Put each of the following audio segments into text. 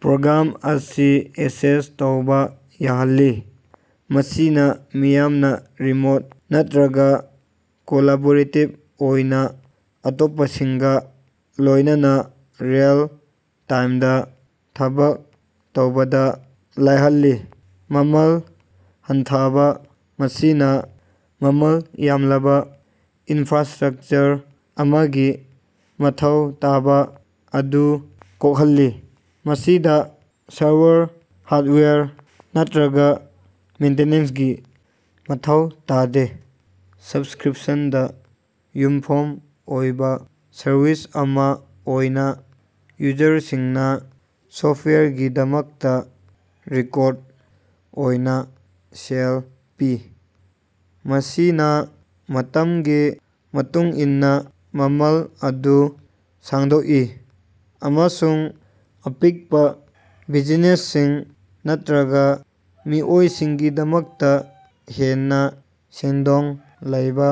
Programme ꯑꯁꯤ ꯑꯦꯁꯦꯁ ꯇꯧꯕ ꯌꯥꯍꯜꯂꯤ꯫ ꯃꯁꯤꯅ ꯃꯤꯌꯥꯝꯅ ꯔꯤꯃꯣꯠ ꯅꯠꯇ꯭ꯔꯒ ꯀꯣꯂꯥꯕꯣꯔꯦꯇꯤꯕ ꯑꯣꯏꯅ ꯑꯇꯣꯞꯄꯁꯤꯡꯒ ꯂꯣꯏꯅꯅ ꯔꯤꯑꯦꯜ-ꯇꯥꯏꯝꯗ ꯊꯕꯛ ꯇꯧꯕꯗ ꯂꯥꯏꯍꯜꯂꯤ꯫ ꯃꯃꯜ ꯍꯟꯊꯕ: ꯃꯁꯤꯅ ꯃꯃꯜ ꯌꯥꯝꯂꯕ ꯏꯅꯐ꯭ꯔꯥꯁ꯭ꯇꯔꯛꯆꯔ ꯑꯃꯒꯤ ꯃꯊꯧ ꯇꯥꯕ ꯑꯗꯨ ꯀꯣꯛꯍꯜꯂꯤ꯫ ꯃꯁꯤꯗ ꯁꯔꯚꯔ, ꯍꯥꯔꯗꯋꯦꯌꯔ, ꯅꯠꯇ꯭ꯔꯒ ꯃꯦꯟꯇꯦꯅꯦꯟꯁꯀꯤ ꯃꯊꯧ ꯇꯥꯗꯦ꯫ ꯁꯕꯁ꯭ꯀꯔꯤꯄꯁꯟꯗ ꯌꯨꯝꯐꯝ ꯑꯣꯏꯕ ꯁꯔꯚꯤꯁ ꯑꯃ ꯑꯣꯏꯅ ꯌꯨꯖꯔꯁꯤꯡꯅ ꯁꯣꯐꯇꯋꯥꯌꯔꯒꯤꯗꯃꯛꯇ ꯔꯤꯀꯣꯔꯗ ꯑꯣꯏꯅ ꯁꯦꯜ ꯄꯤ꯫ ꯃꯁꯤꯅ ꯃꯇꯝꯒꯤ ꯃꯇꯨꯡꯏꯟꯅ ꯃꯃꯜ ꯑꯗꯨ ꯁꯥꯡꯗꯣꯛꯏ ꯑꯃꯁꯨꯡ ꯑꯄꯤꯛꯄ ꯕꯤꯖꯤꯅꯦꯁꯁꯤꯡ ꯅꯠꯇ꯭ꯔꯒ ꯃꯤꯑꯣꯏꯁꯤꯡꯒꯤꯗꯃꯛꯇ ꯍꯦꯟꯅ ꯁꯦꯟꯗꯣꯡ ꯂꯩꯕ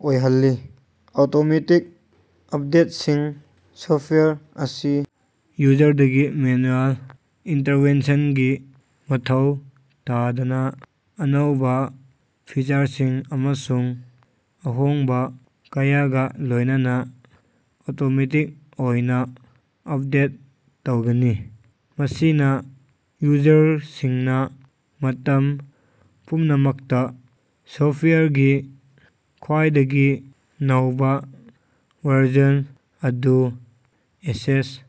ꯑꯣꯏꯍꯜꯂꯤ꯫ ꯑꯣꯇꯣꯃꯦꯇꯤꯛ ꯑꯄꯗꯦꯠꯁꯤꯡ: ꯁꯣꯐ꯭ꯇꯋꯦꯔ ꯑꯁꯤ ꯌꯨꯖꯔꯗꯒꯤ ꯃꯦꯅꯨꯑꯦꯜ ꯏꯟꯇꯔꯚꯦꯟꯁꯟꯒꯤ ꯃꯊꯧ ꯇꯥꯗꯅ ꯑꯅꯧꯕ ꯐꯤꯆꯔꯁꯤꯡ ꯑꯃꯁꯨꯡ ꯑꯍꯣꯡꯕ ꯀꯌꯥꯒ ꯂꯣꯏꯅꯅ ꯑꯣꯇꯣꯃꯦꯇꯤꯛ ꯑꯣꯏꯅ ꯑꯄꯗꯦꯠ ꯇꯧꯒꯅꯤ꯫ ꯃꯁꯤꯅ ꯌꯨꯖꯔꯁꯤꯡꯅ ꯃꯇꯝ ꯄꯨꯝꯅꯃꯛꯇ ꯁꯣꯐꯇꯋꯥꯌꯔꯒꯤ ꯈ꯭ꯋꯥꯏꯗꯒꯤ ꯅꯧꯕ ꯚꯔꯖꯟ ꯑꯗꯨ ꯑꯦꯛꯁꯦꯁ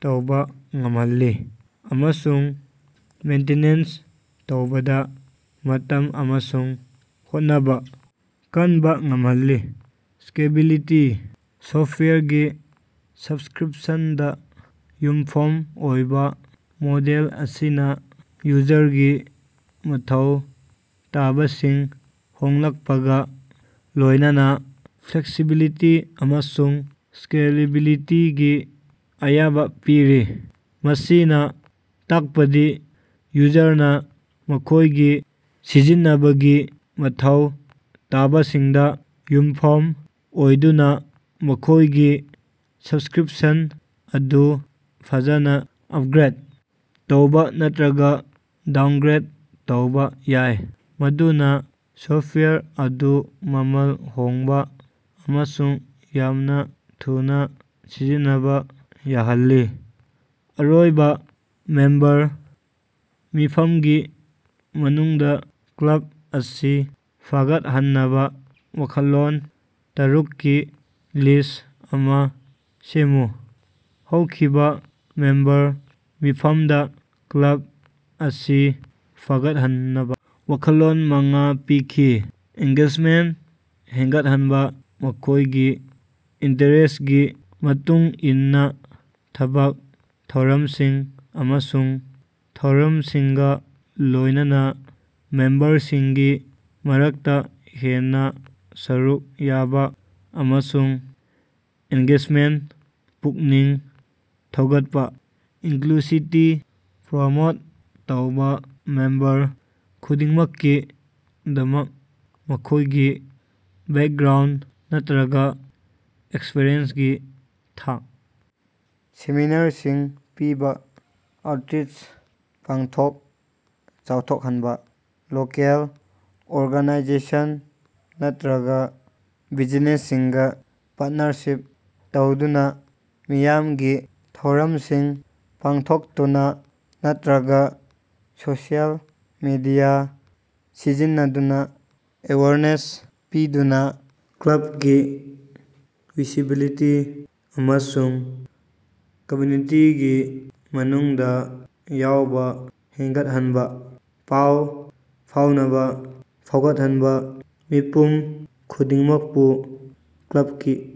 ꯇꯧꯕ ꯉꯝꯍꯜꯂꯤ꯫ ꯑꯃꯁꯨꯡ ꯃꯦꯟꯇꯤꯅꯦꯟꯁ ꯇꯧꯕꯗ ꯃꯇꯝ ꯑꯃꯁꯨꯡ ꯍꯣꯠꯅꯕ ꯀꯟꯕ ꯉꯝꯍꯜꯂꯤ꯫ ꯁ꯭ꯀꯦꯂꯦꯕꯤꯂꯤꯇꯤ: ꯁꯣꯐ꯭ꯇꯋꯦꯌꯔꯒꯤ ꯁꯕꯁ꯭ꯀꯔꯤꯄꯁꯟꯗ ꯌꯨꯝꯐꯝ ꯑꯣꯏꯕ ꯃꯣꯗꯦꯜ ꯑꯁꯤꯅ ꯌꯨꯖꯔꯒꯤ ꯃꯊꯧ ꯇꯥꯕꯁꯤꯡ ꯍꯣꯡꯂꯛꯄꯒ ꯂꯣꯏꯅꯅ ꯐ꯭ꯂꯦꯛꯁꯤꯕꯤꯂꯤꯇꯤ ꯑꯃꯁꯨꯡ ꯁ꯭ꯀꯦꯂꯦꯕꯤꯂꯤꯇꯤꯒꯤ ꯑꯌꯥꯕ ꯄꯤꯔꯤ꯫ ꯃꯁꯤꯅ ꯇꯥꯛꯄꯗꯤ ꯌꯨꯖꯔꯅꯥ ꯃꯈꯣꯏꯒꯤ ꯁꯤꯖꯤꯟꯅꯕꯒꯤ ꯃꯊꯧ ꯇꯥꯕꯁꯤꯡꯗ ꯌꯨꯝꯐꯝ ꯑꯣꯏꯗꯨꯅ ꯃꯈꯣꯏꯒꯤ ꯁꯕꯁ꯭ꯀꯔꯤꯄꯁꯟ ꯑꯗꯨ ꯐꯖꯅ ꯑꯄꯒ꯭ꯔꯦꯗ ꯇꯧꯕ ꯅꯠꯇ꯭ꯔꯒ ꯗꯥꯎꯅꯒ꯭ꯔꯦꯗ ꯇꯧꯕ ꯌꯥꯏ꯫ ꯃꯗꯨꯅꯥ ꯁꯣꯐꯇꯋꯦꯌꯔ ꯑꯗꯨ ꯃꯃꯜ ꯍꯣꯡꯕ ꯑꯃꯁꯨꯡ ꯌꯥꯝꯅꯥ ꯊꯨꯅ ꯁꯤꯖꯤꯟꯅꯕ ꯌꯥꯍꯜꯂꯤ꯫ ꯑꯔꯣꯏꯕ ꯃꯦꯝꯕꯔ ꯃꯤꯐꯝꯒꯤ ꯃꯅꯨꯡꯗ ꯀ꯭ꯂꯕ ꯑꯁꯤ ꯐꯒꯠꯍꯟꯅꯕ ꯋꯥꯈꯜꯂꯣꯟ ꯇꯔꯨꯛꯒꯤ ꯂꯤꯁ꯭ꯠ ꯑꯃ ꯁꯦꯝꯃꯨ꯫ ꯍꯧꯈꯤꯕ ꯃꯦꯝꯕꯔ ꯃꯤꯐꯝꯗ ꯀ꯭ꯂꯕ ꯑꯁꯤ ꯐꯒꯠꯍꯟꯅꯕ ꯋꯥꯈꯜꯂꯣꯟ ꯃꯉꯥ ꯄꯤꯈꯤ꯫ ꯑꯦꯡꯒꯦꯖꯃꯦꯟꯇ ꯍꯦꯟꯒꯠꯍꯟꯕ: ꯃꯈꯣꯏꯒꯤ ꯏꯟꯇꯔꯦꯁ꯭ꯇꯀꯤ ꯃꯇꯨꯡ ꯏꯟꯅ ꯊꯕꯛ ꯊꯧꯔꯝꯁꯤꯡ ꯑꯃꯁꯨꯡ ꯊꯧꯔꯝꯁꯤꯡꯒ ꯂꯣꯏꯅꯅ ꯃꯦꯝꯕꯔꯁꯤꯡꯒꯤ ꯃꯔꯛꯇ ꯍꯦꯟꯅ ꯁꯔꯨꯛ ꯌꯥꯕ ꯑꯃꯁꯨꯡ ꯑꯦꯡꯒꯦꯖꯃꯦꯟꯇ ꯄꯨꯛꯅꯤꯡ ꯊꯧꯒꯠꯄ꯫ ꯏꯟꯀ꯭ꯂꯨꯁꯤꯇꯤ ꯄ꯭ꯔꯃꯣꯠ ꯇꯧꯕ: ꯃꯦꯝꯕꯔ ꯈꯨꯗꯤꯡꯃꯛꯀꯤꯗꯃꯛ ꯃꯈꯣꯏꯒꯤ ꯕꯦꯀꯒ꯭ꯔꯥꯎꯟꯗ ꯅꯠꯇ꯭ꯔꯒ ꯑꯦꯛꯁꯄ꯭ꯔꯤꯌꯦꯟꯁꯀꯤ ꯊꯥꯛ ꯁꯦꯃꯤꯅꯥꯔꯁꯤꯡ ꯄꯤꯕ꯫ ꯑꯥꯎꯇ꯭ꯔꯤꯆ ꯄꯥꯡꯊꯣꯛ ꯆꯥꯎꯊꯣꯛꯍꯟꯕ: ꯂꯣꯀꯦꯜ ꯑꯣꯔꯒꯅꯥꯏꯖꯦꯁꯟ ꯅꯠꯇ꯭ꯔꯒ ꯕꯤꯖꯤꯅꯦꯁꯁꯤꯡꯒ ꯄꯥꯔꯇꯅꯔꯁꯤꯞ ꯇꯧꯗꯨꯅ ꯃꯤꯌꯥꯝꯒꯤ ꯊꯧꯔꯝꯁꯤꯡ ꯄꯥꯡꯊꯣꯛꯇꯨꯅ ꯅꯠꯇ꯭ꯔꯒ ꯁꯣꯁꯤꯑꯦꯜ ꯃꯦꯗꯤꯌꯥ ꯁꯤꯖꯤꯟꯅꯗꯨꯅ ꯑꯦꯋꯦꯌꯔꯅꯦꯁ ꯄꯤꯗꯨꯅ ꯀ꯭ꯂꯕꯀꯤ ꯚꯤꯖꯤꯕꯤꯂꯤꯇꯤ ꯑꯃꯁꯨꯡ ꯀꯝꯌꯨꯅꯤꯇꯤꯒꯤ ꯃꯅꯨꯡꯗ ꯌꯧꯕ ꯍꯦꯟꯒꯠꯍꯟꯕ꯫ ꯄꯥꯎ ꯐꯥꯎꯅꯕ ꯐꯥꯎꯒꯠꯍꯟꯕ: ꯃꯤꯄꯨꯝ ꯈꯨꯗꯤꯡꯃꯛꯄꯨ ꯀ꯭ꯂꯕꯀꯤ